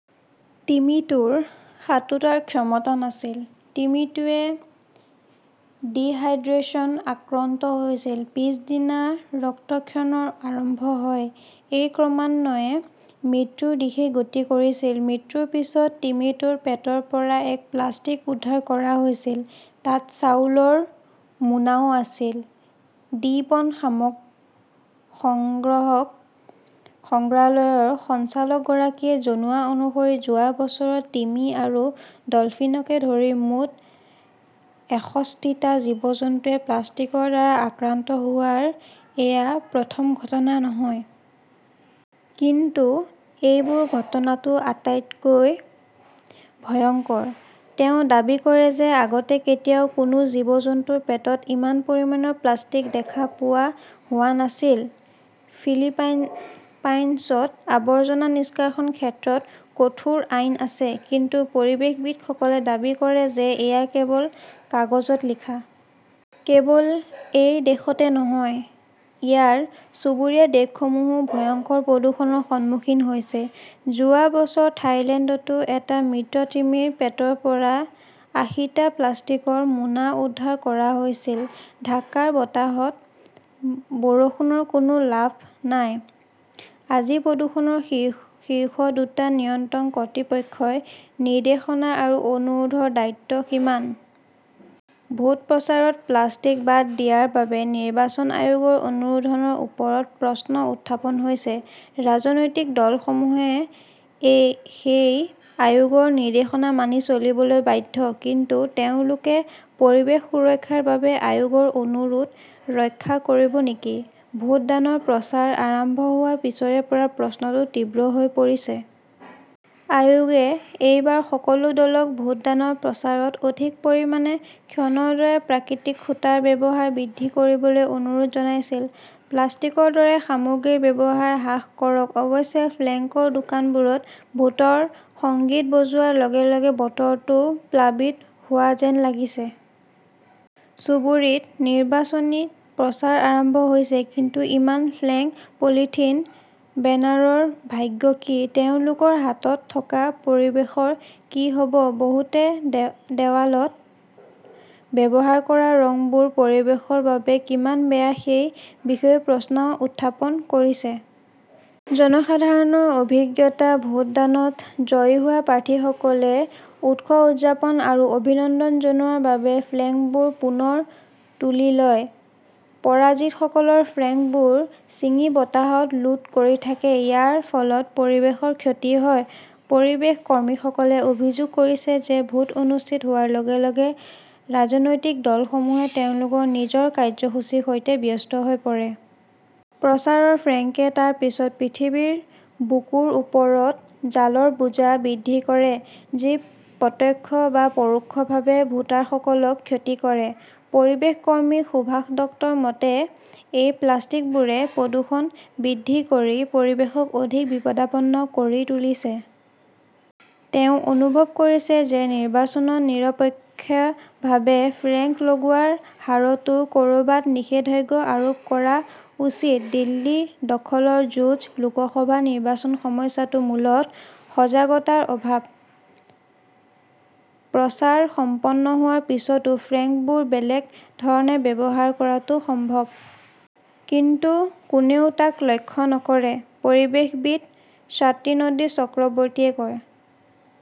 তিমিটোৰ সাঁতোৰাৰ ক্ষমতা নাছিল। তিমিটোৱে ডিহাইড্ৰেছন আক্ৰান্ত হৈছিল। পিছদিনা ৰক্তক্ষৰণৰ আৰম্ভ হয়। ই ক্ৰমান্বয়ে মৃত্যুৰ দিশে গতি কৰিছিল। মৃত্যুৰ পিছত তিমিটোৰ পেটৰ পৰা ক প্লাষ্টিক উদ্ধাৰ কৰা হৈছিল। তাত চাউলৰ মোনাও আছিল। ডি বন সাম সংগ্ৰাহক সংগ্ৰহালয়ৰ সঞ্চালকগৰাকীয়ে জনোৱা অনুসৰি যোৱা বছৰত তিমি আৰু ডলফিনকে ধৰি মুঠ এষষ্ঠী টা জীৱ-জন্তুৱে প্লাষ্টিকৰ দ্বাৰা আক্ৰান্ত হোৱাৰ এয়া প্ৰথম ঘটনা নহয়। কিন্তু এইবাৰ ঘটনাটো আটাইতকৈ ভয়ংকৰ। তেওঁ দাবী কৰে যে আগতে কেতিয়াও কোনো জীৱ-জন্তুৰ পেটত ইমান পৰিমাণৰ প্লাষ্টিক দেখা পোৱা হোৱা নাছিল। ফিলিপাইনছত আৱৰ্জনা নিষ্কাশনৰ ক্ষেত্ৰত কঠোৰ আইন আছে। কিন্তু পৰিৱেশবিদসকলে দাবী কৰে যে এয়া কেৱল কাগজত লিখা। কেৱল এই দেশতে নহয়, ইয়াৰ চুবুৰীয়া দেশসমূহেও ভয়ংকৰ প্ৰদূষণৰ সন্মুখীন হৈছে। যোৱা বছৰ থাইলেণ্ডতো এটা মৃত তিমিৰ পেটৰ পৰা আশীটা প্লাষ্টিকৰ মোনা উদ্ধাৰ কৰা হৈছিল। ঢাকাৰ বতাহত বৰষুণৰ কোনো লাভ নাই, আজি প্ৰদূষণৰ শীৰ্ষ শীৰ্ষ দুটা নিয়ন্ত্ৰক কৰ্তৃপক্ষৰ 'নিৰ্দেশনা' আৰু 'অনুৰোধ' ৰ দূৰত্ব কিমান? ভোট প্ৰচাৰত প্লাষ্টিক বাদ দিয়াৰ বাবে নিৰ্বাচন আয়োগৰ অনুৰোধৰ ওপৰত প্ৰশ্ন উত্থাপন হৈছে। ৰাজনৈতিক দলসমূহে সেই আয়োগৰ নিৰ্দেশনা মানি চলিবলৈ বাধ্য। কিন্তু তেওঁলোকে পৰিৱেশ সুৰক্ষাৰ বাবে আয়োগৰ 'অনুৰোধ 'ৰক্ষা কৰিব নেকি? ভোটদানৰ প্ৰচাৰ আৰম্ভ হোৱাৰ পিছৰে পৰা প্ৰশ্নটো তীব্ৰ হৈ পৰিছে। আয়োগে এইবাৰ সকলো দলক ভোটদানৰ প্ৰচাৰত অধিক পৰিমাণে শণৰ দৰে প্ৰাকৃতিক সূতাৰ ব্যৱহাৰ বৃদ্ধি কৰিবলৈ অনুৰোধ জনাইচিল। প্লাষ্টিকৰ দৰে সামগ্ৰীৰ ব্যৱহাৰ হ্ৰাস কৰক। অৱশ্যে, ফ্লেকংৰ দোকানবোৰত ভোটৰ সংগীত বজোৱাৰ লগে লগে বতৰটো প্লাবিত হোৱা যেন লাগিছে। চুবুৰীত নিৰ্বাচনী প্ৰচাৰ আৰম্ভ হৈছে। কিন্তু ইমান ফ্লেক্স, পলিথিন বেনাৰৰ ভাগ্য কি? তেওঁলোকৰ হাতত থকা পৰিৱেশৰ কি হ 'ব? বহুতে দেৱালত ব্যৱহাৰ কৰা ৰংবোৰ পৰিৱেশৰ বাবে কিমান বেয়া সেই বিষয়েও প্ৰশ্ন উত্থাপন কৰিছে। জনসাধাৰণৰ অভিজ্ঞতা, ভোটদানত জয়ী হোৱা প্ৰাৰ্থীসকলে উৎসৱ উদযাপন আৰু অভিনন্দন জনোৱাৰ বাবে ফ্লেক্সবোৰ পুনৰ তুলি লয়। পৰাজিতসকলৰ ফ্লেইংবোৰ ছিঙি বতাহত লুট কৰি থাকে। ইয়াৰ ফলত পৰিৱেশৰ ক্ষতি হয়। পৰিৱেশ কৰ্মীসকলে অভিযোগ কৰিছে যে ভোট অনুষ্ঠিত হোৱাৰ লগে লগে ৰাজনৈতিক দলসমূহে তেওঁলোকৰ নিজৰ কাৰ্যসূচীৰ সৈতে ব্যস্ত হৈ পৰে। প্ৰচাৰৰ ফ্লেংকেতাৰ পিছত পৃথিৱীৰ বুকুৰ ওপৰত জালৰ বোজা বৃদ্ধি কৰে। যি প্ৰত্যক্ষ বা পৰোক্ষভাৱে ভোটাৰসকলক ক্ষতি কৰে। পৰিৱেশ কৰ্মী সুভাষ দত্তৰ মতে, এই প্লাষ্টিকবোৰে প্ৰদূষণ বৃদ্ধি কৰি পৰিৱেশক অধিক বিপদাপন্ন কৰি তুলিছে। তেওঁ অনুভৱ কৰিছিল যে নিৰ্বাচনত নিৰপেক্ষভাৱে ফ্লেংক লগোৱাৰ হাৰতো কৰবাত নিষেধাজ্ঞা আৰোপ কৰা উচিত। দিল্লী দখলৰ যুঁজ, লোকসভা নিৰ্বাচন সমস্যাটো মূলতঃ সজাগতাৰ অভাৱ। প্ৰচাৰ সম্পূৰ্ণ হোৱাৰ পিছত ফ্লেক্সবোৰ বেলেগ ধৰণে ব্যৱহাৰ কৰাটো সম্ভৱ। কিন্তু কোনেও তাক লক্ষ্য নকৰে, পৰিৱেশবিদ স্বাতী নন্দী চক্ৰৱৰ্তীয়ে কয়।